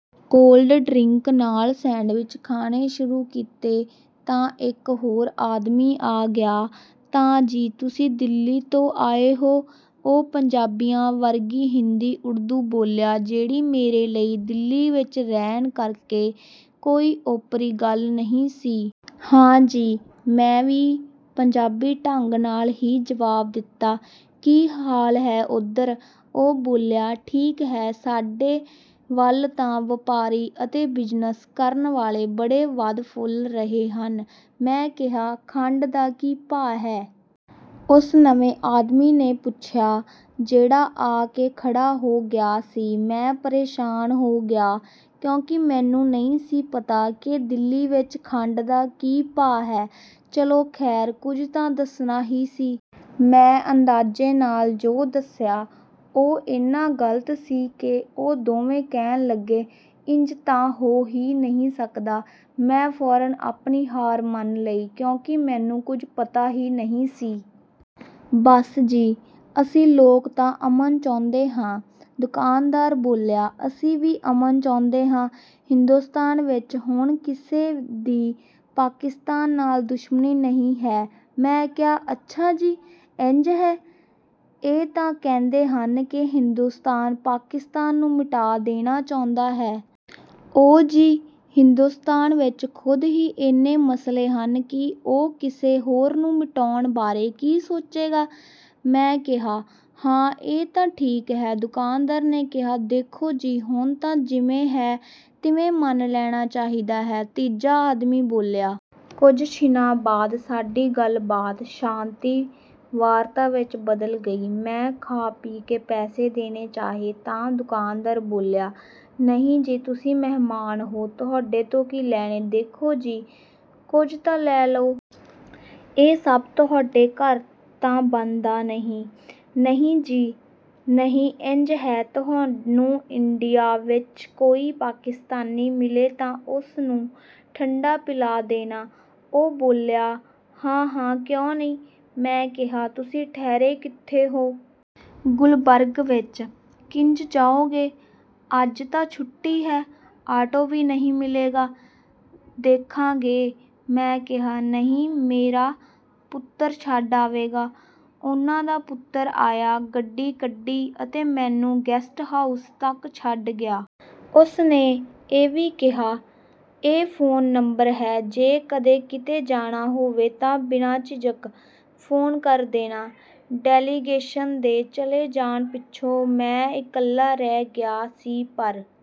Cold drink ਨਾਲ sandwich ਖਾਣੇ ਸ਼ੁਰੂ ਕੀਤੇ ਤਾਂ ਇੱਕ ਹੋਰ ਆਦਮੀ ਆ ਗਿਆ। "ਤਾਂ ਜੀ, ਤੁਸੀਂ ਦਿੱਲੀ ਤੋਂ ਆਏ ਹੋ?" ਉਹ ਪੰਜਾਬੀਆਂ ਵਰਗੀ ਹਿੰਦੀ-ਉਰਦੂ ਬੋਲਿਆ, ਜਿਹੜੀ ਮੇਰੇ ਲਈ ਦਿੱਲੀ ਵਿੱਚ ਰਹਿਣ ਕਰਕੇ ਕੋਈ ਓਪਰੀ ਗੱਲ ਨਹੀਂ ਸੀ। "ਹਾਂ ਜੀ," ਮੈਂ ਵੀ ਪੰਜਾਬੀ ਢੰਗ ਨਾਲ ਹੀ ਜਵਾਬ ਦਿੱਤਾ। "ਕੀ ਹਾਲ ਹੈ ਉੱਧਰ?" ਉਹ ਬੋਲਿਆ। "ਠੀਕ ਹੈ... ਸਾਡੇ ਵੱਲ ਤਾਂ ਵਪਾਰੀ ਅਤੇ ਬਿਜ਼ਨਸ ਕਰਨ ਵਾਲੇ ਬੜੇ ਵਧ-ਫੁੱਲ ਰਹੇ ਹਨ," ਮੈਂ ਕਿਹਾ। "ਖੰਡ ਦਾ ਕੀ ਭਾਅ ਹੈ?" ਉਸ ਨਵੇਂ ਆਦਮੀ ਨੇ ਪੁੱਛਿਆ ਜਿਹੜਾ ਆ ਕੇ ਖੜ੍ਹਾ ਹੋ ਗਿਆ ਸੀ। ਮੈਂ ਪਰੇਸ਼ਾਨ ਹੋ ਗਿਆ ਕਿਉਂਕਿ ਮੈਨੂੰ ਨਹੀਂ ਸੀ ਪਤਾ ਕਿ ਦਿੱਲੀ ਵਿੱਚ ਖੰਡ ਦਾ ਕੀ ਭਾਅ ਹੈ। ਚਲੋ ਖ਼ੈਰ, ਕੁਝ ਤਾਂ ਦੱਸਣਾ ਹੀ ਸੀ। ਮੈਂ ਅੰਦਾਜ਼ੇ ਨਾਲ ਜੋ ਦੱਸਿਆ, ਉਹ ਇੰਨਾ ਗ਼ਲਤ ਸੀ ਕਿ ਉਹ ਦੋਵੇਂ ਕਹਿਣ ਲੱਗੇ, "ਇੰਜ ਤਾਂ ਹੋ ਹੀ ਨਹੀਂ ਸਕਦਾ।" ਮੈਂ ਫ਼ੌਰਨ ਆਪਣੀ ਹਾਰ ਮੰਨ ਲਈ ਕਿਉਂਕਿ ਮੈਨੂੰ ਕੁਝ ਪਤਾ ਹੀ ਨਹੀਂ ਸੀ। "ਬੱਸ ਜੀ, ਅਸੀਂ ਲੋਕ ਤਾਂ ਅਮਨ ਚਾਹੁੰਦੇ ਹਾਂ," ਦੁਕਾਨਦਾਰ ਬੋਲਿਆ। "ਅਸੀਂ ਵੀ ਅਮਨ ਚਾਹੁੰਦੇ ਹਾਂ... ਹਿੰਦੁਸਤਾਨ ਵਿੱਚ ਹੁਣ ਕਿਸੇ ਦੀ ਪਾਕਿਸਤਾਨ ਨਾਲ ਦੁਸ਼ਮਣੀ ਨਹੀਂ ਹੈ," ਮੈਂ ਕਿਹਾ। "ਅੱਛਾ ਜੀ... ਇੰਜ ਹੈ? ਇਹ ਤਾਂ ਕਹਿੰਦੇ ਹਨ ਕਿ ਹਿੰਦੁਸਤਾਨ ਪਾਕਿਸਤਾਨ ਨੂੰ ਮਿਟਾ ਦੇਣਾ ਚਾਹੁੰਦਾ ਹੈ।" "ਓ ਜੀ, ਹਿੰਦੁਸਤਾਨ ਵਿੱਚ ਖ਼ੁਦ ਹੀ ਇੰਨੇ ਮਸਲੇ ਹਨ ਕਿ ਉਹ ਕਿਸੇ ਹੋਰ ਨੂੰ ਮਿਟਾਉਣ ਬਾਰੇ ਕੀ ਸੋਚੇਗਾ!" ਮੈਂ ਕਿਹਾ। "ਹਾਂ, ਇਹ ਤਾਂ ਠੀਕ ਹੈ," ਦੁਕਾਨਦਾਰ ਨੇ ਕਿਹਾ। "ਦੇਖੋ ਜੀ, ਹੁਣ ਤਾਂ ਜਿਵੇਂ ਹੈ, ਤਿਵੇਂ ਮੰਨ ਲੈਣਾ ਚਾਹੀਦਾ ਹੈ," ਤੀਜਾ ਆਦਮੀ ਬੋਲਿਆ। ਕੁਝ ਛਿਣਾਂ ਬਾਅਦ ਸਾਡੀ ਗੱਲਬਾਤ ਸ਼ਾਂਤੀ-ਵਾਰਤਾ ਵਿੱਚ ਬਦਲ ਗਈ। ਮੈਂ ਖਾ-ਪੀ ਕੇ ਪੈਸੇ ਦੇਣੇ ਚਾਹੇ ਤਾਂ ਦੁਕਾਨਦਾਰ ਬੋਲਿਆ, "ਨਹੀਂ ਜੀ, ਤੁਸੀਂ ਮਹਿਮਾਨ ਹੋ... ਤੁਹਾਡੇ ਤੋਂ ਕੀ ਲੈਣੇ!" "ਦੇਖੋ ਜੀ, ਕੁਝ ਤਾਂ ਲੈ ਲਓ। ਇਹ ਸਭ ਤੁਹਾਡੇ ਘਰ ਤਾਂ ਬਣਦਾ ਨਹੀਂ।" "ਨਹੀਂ ਜੀ ਨਹੀਂ... ਇੰਜ ਹੈ, ਤੁਹਾਨੂੰ ਇੰਡੀਆ ਵਿੱਚ ਕੋਈ ਪਾਕਿਸਤਾਨੀ ਮਿਲੇ ਤਾਂ ਉਸ ਨੂੰ 'ਠੰਢਾ' ਪਿਲਾ ਦੇਣਾ," ਉਹ ਬੋਲਿਆ। "ਹਾਂ-ਹਾਂ, ਕਿਉਂ ਨਹੀਂ!" ਮੈਂ ਕਿਹਾ। "ਤੁਸੀਂ ਠਹਿਰੇ ਕਿੱਥੇ ਹੋ?" "ਗੁਲਬਰਗ ਵਿੱਚ..." "ਕਿੰਜ ਜਾਓਗੇ? ਅੱਜ ਤਾਂ ਛੁੱਟੀ ਹੈ, ਆਟੋ ਵੀ ਨਹੀਂ ਮਿਲੇਗਾ।" "ਦੇਖਾਂਗੇ," ਮੈਂ ਕਿਹਾ। "ਨਹੀਂ... ਮੇਰਾ ਪੁੱਤਰ ਛੱਡ ਆਵੇਗਾ।" ਉਹਨਾਂ ਦਾ ਪੁੱਤਰ ਆਇਆ, ਗੱਡੀ ਕੱਢੀ ਅਤੇ ਮੈਨੂੰ ਗੈਸਟ ਹਾਊਸ ਤੱਕ ਛੱਡ ਗਿਆ। ਉਸ ਨੇ ਇਹ ਵੀ ਕਿਹਾ, "ਇਹ ਫ਼ੋਨ ਨੰਬਰ ਹੈ, ਜੇ ਕਦੇ ਕਿਤੇ ਜਾਣਾ ਹੋਵੇ ਤਾਂ ਬਿਨਾਂ ਝਿਜਕ ਫ਼ੋਨ ਕਰ ਦੇਣਾ।" ਡੈਲੀਗੇਸ਼ਨ ਦੇ ਚਲੇ ਜਾਣ ਪਿੱਛੋਂ ਮੈਂ ਇਕੱਲਾ ਰਹਿ ਗਿਆ ਸੀ, ਪਰ